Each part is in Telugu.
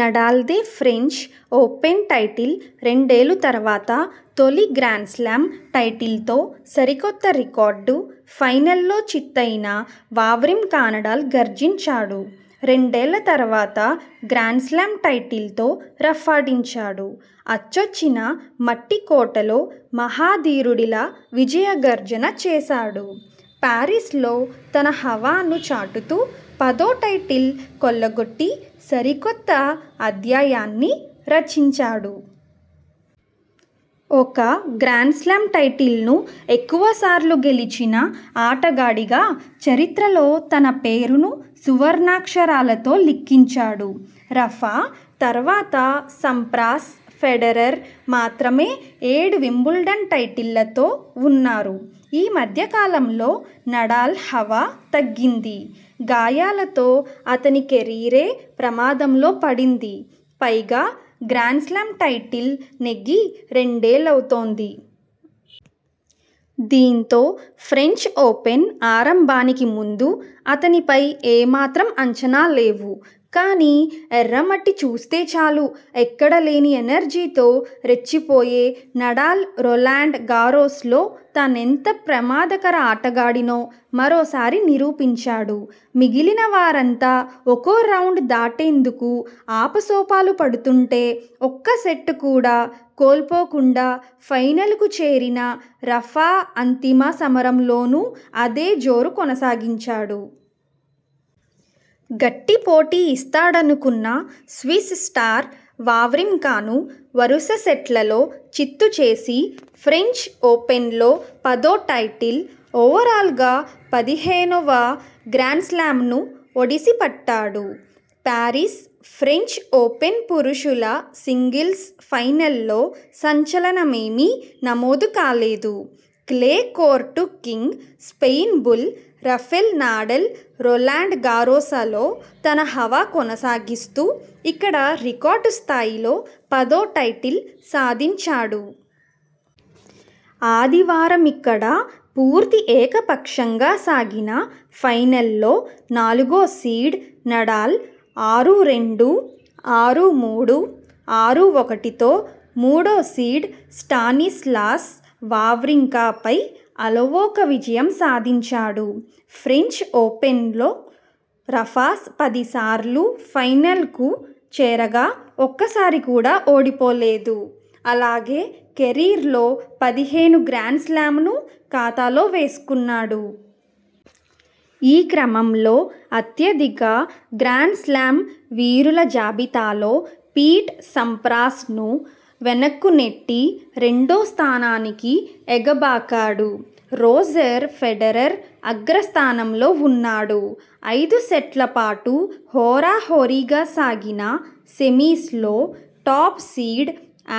నడాల్దే ఫ్రెంచ్ ఓపెన్ టైటిల్ రెండేళ్లు తర్వాత తొలి గ్రాండ్స్లా మ్పదో టైటిల్తో సరికొత్త రికార్డు ఫైనల్లో చిత్తయిన వావ్రింకానడాల్ గర్జించాడు! రెండేళ్ల తర్వాత గ్రాండ్స్లామ్ టైటిల్తో రఫ్ఫాడించాడు! అచ్చొచ్చిన మట్టి కోటలో మహా ధీరుడిలా విజయ గర్జన చేశాడు! పారిస్లో తన హవాను చాటుతూ పదో టైటిల్ కొల్లగొట్టి సరికొత్త అధ్యాయాన్ని రచించాడు! ఒక గ్రాండ్స్లామ్ టైటిల్ను ఎక్కువసార్లు గెలిచిన ఆటగాడిగా చరిత్రలో తన పేరును సువర్ణాక్షరాలతో లిఖించాడు! రఫా తర్వాత సంప్రాస్, ఫెడరర్ మాత్రమే ఏడు వింబుల్డన్ టైటిళ్లతో ఉన్నారు. ఈ మధ్యకాలంలో నడాల్ హవా తగ్గింది. గాయాలతో అతని కెరీరే ప్రమాదంలో పడింది. పైగా గ్రాండ్స్లామ్ టైటిల్ నెగ్గి రెండేళ్లవుతోంది. దీంతో ఫ్రెంచ్ ఓపెన్ ఆరంభానికి ముందు అతనిపై ఏమాత్రం అంచనాల్లేవు. కానీ ఎర్రమట్టి చూస్తేచాలు ఎక్కడ లేని ఎనర్జీతో రెచ్చిపోయే నడాల్ రొలాండ్ గారోస్లో తానెంత ప్రమాదకర ఆటగాడినో మరోసారి నిరూపించాడు. మిగిలిన వారంతా ఒక్కోరౌండ్ దాటేందుకు ఆపసోపాలు పడుతుంటే ఒక్క సెట్ కూడా కోల్పోకుండా ఫైనల్కు చేరిన రఫా అంతిమ సమరంలోనూ అదే జోరు కొనసాగించాడు. గట్టి పోటీ ఇస్తాడనుకున్న స్విస్ స్టార్ వావ్రింకాను వరుస సెట్లలో చిత్తు చేసి ఫ్రెంచ్ ఓపెన్లో పదో టైటిల్, ఓవరాల్గా పదిహేనువ గ్రాండ్స్లామ్ను ఒడిసిపట్టాడు. పారిస్ ఫ్రెంచ్ ఓపెన్ పురుషుల సింగిల్స్ ఫైనల్లో సంచలనమేమీ నమోదు కాలేదు. Clay court king, Spain bull Rafael Nadal Roland Garros లో తన హవా కొనసాగిస్తూ ఇక్కడ రికార్డు స్థాయిలో పదో టైటిల్ సాధించాడు. ఆదివారమిక్కడ పూర్తి ఏకపక్షంగా సాగిన ఫైనల్లో నాలుగో సీడ్ నడాల్ ఆరు-రెండు, ఆరు-మూడు, ఆరు-ఒకటితో మూడోసీడ్ స్టానిస్లాస్ వావ్రింకా పై అలవోక విజయం సాధించాడు. ఫ్రెంచ్ ఓపెన్లో రఫా పదిసార్లు ఫైనల్కు చేరగా ఒక్కసారి కూడా ఓడిపోలేదు. అలాగే కెరీర్లో పదిహేను గ్రాండ్స్లామ్ను ఖాతాలో వేసుకున్నాడు. ఈ క్రమంలో అత్యధిక గ్రాండ్స్లామ్ వీరుల జాబితాలో పీట్ సంప్రాస్ ను వెనక్కునెట్టి రెండో స్థానానికి ఎగబాకాడు. రోజర్ ఫెడరర్ అగ్రస్థానంలో ఉన్నాడు. ఐదుసెట్లపాటు హోరాహోరీగా సాగిన సెమీస్ లో టాప్ సీడ్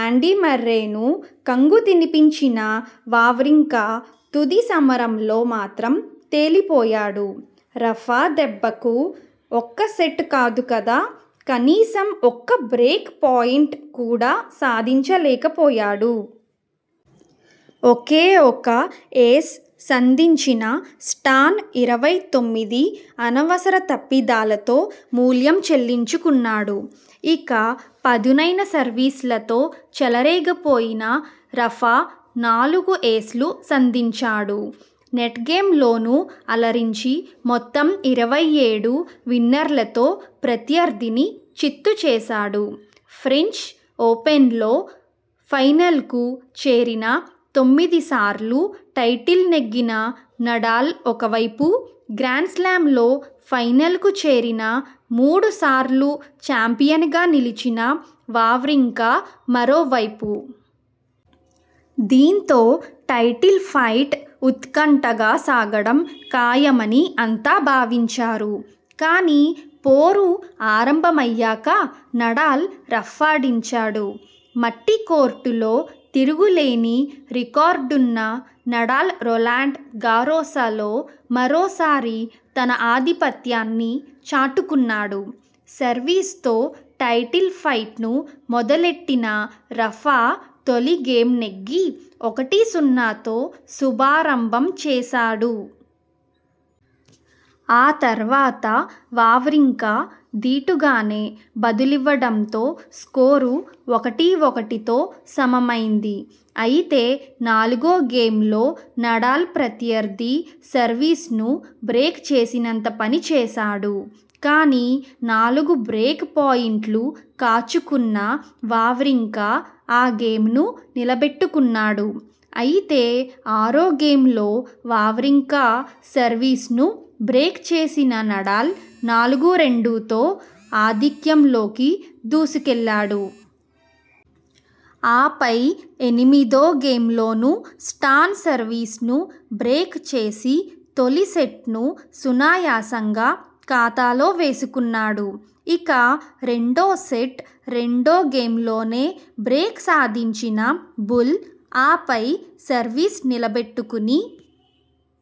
ఆండీ మర్రేను కంగుతినిపించిన వావ్రింకా తుది సమరంలో మాత్రం తేలిపోయాడు. రఫా దెబ్బకు ఒక్క సెట్ కాదు కదా కనీసం ఒక్క బ్రేక్ పాయింట్ కూడా సాధించలేక పోయాడు. ఒకే ఒక ఏస్ సంధించిన స్టాన్ ఇరవై తొమ్మిది అనవసర తప్పిదాలతో మూల్యం చెల్లించుకున్నాడు. ఇక పదునైన సర్వీస్లతో చెలరేగిపోయిన రఫా నాలుగు ఏస్లు సంధించాడు. నెట్గేమ్లోనూ అలరించి మొత్తం ఇరవై ఏడు విన్నర్లతో ప్రత్యర్థిని చిత్తు చేశాడు. ఫ్రెంచ్ ఓపెన్లో ఫైనల్కు చేరిన తొమ్మిది సార్లూ టైటిల్ నెగ్గిన నడాల్ ఒకవైపు, గ్రాండ్స్లామ్ల్లో ఫైనల్కు చేరిన మూడు సార్లూ చాంపియన్గా నిలిచిన వావ్రింకా మరోవైపు. దీంతో టైటిల్ ఫైట్ ఉత్కంఠగా సాగడం ఖాయమని అంతా భావించారు. కానీ పోరు ఆరంభమయ్యాక నడాల్ రఫాడించాడు. మట్టి కోర్టులో తిరుగులేని రికార్డున్న నడాల్ రొలాండ్ గారోస లో మరోసారి తన ఆధిపత్యాన్ని చాటుకున్నాడు. సర్వీస్ తో టైటిల్ ఫైట్ను మొదలెట్టిన రఫా తొలిగేమ్ నెగ్గి ఒకటి-సున్నాతో శుభారంభం చేశాడు. ఆ తర్వాత వావ్రింకా దీటుగానే బదులివ్వడంతో స్కోరు ఒకటి-ఒకటితో సమమైంది. అయితే నాలుగో గేమ్లో నడాల్ ప్రత్యర్థి సర్వీస్ ను బ్రేక్ చేసినంత పనిచేశాడు. కానీ నాలుగు బ్రేక్ పాయింట్లు కాచుకున్న వావ్రింకా ఆ గేమ్ను నిలబెట్టుకున్నాడు. అయితే ఆరో గేమ్లో వావ్రింకా సర్వీస్ ను బ్రేక్ చేసిన నడాల్ నాలుగు-రెండుతో ఆధిక్యంలోకి దూసుకెళ్లాడు. ఆపై ఎనిమిదో గేమ్లోనూ స్టాన్ సర్వీస్ ను బ్రేక్ చేసి తొలి సెట్ను సునాయాసంగా ఖాతాలో వేసుకున్నాడు. ఇక రెండో సెట్ రెండో గేమ్లోనే బ్రేక్ సాధించిన బుల్ ఆ పై సర్వీస్ నిలబెట్టుకుని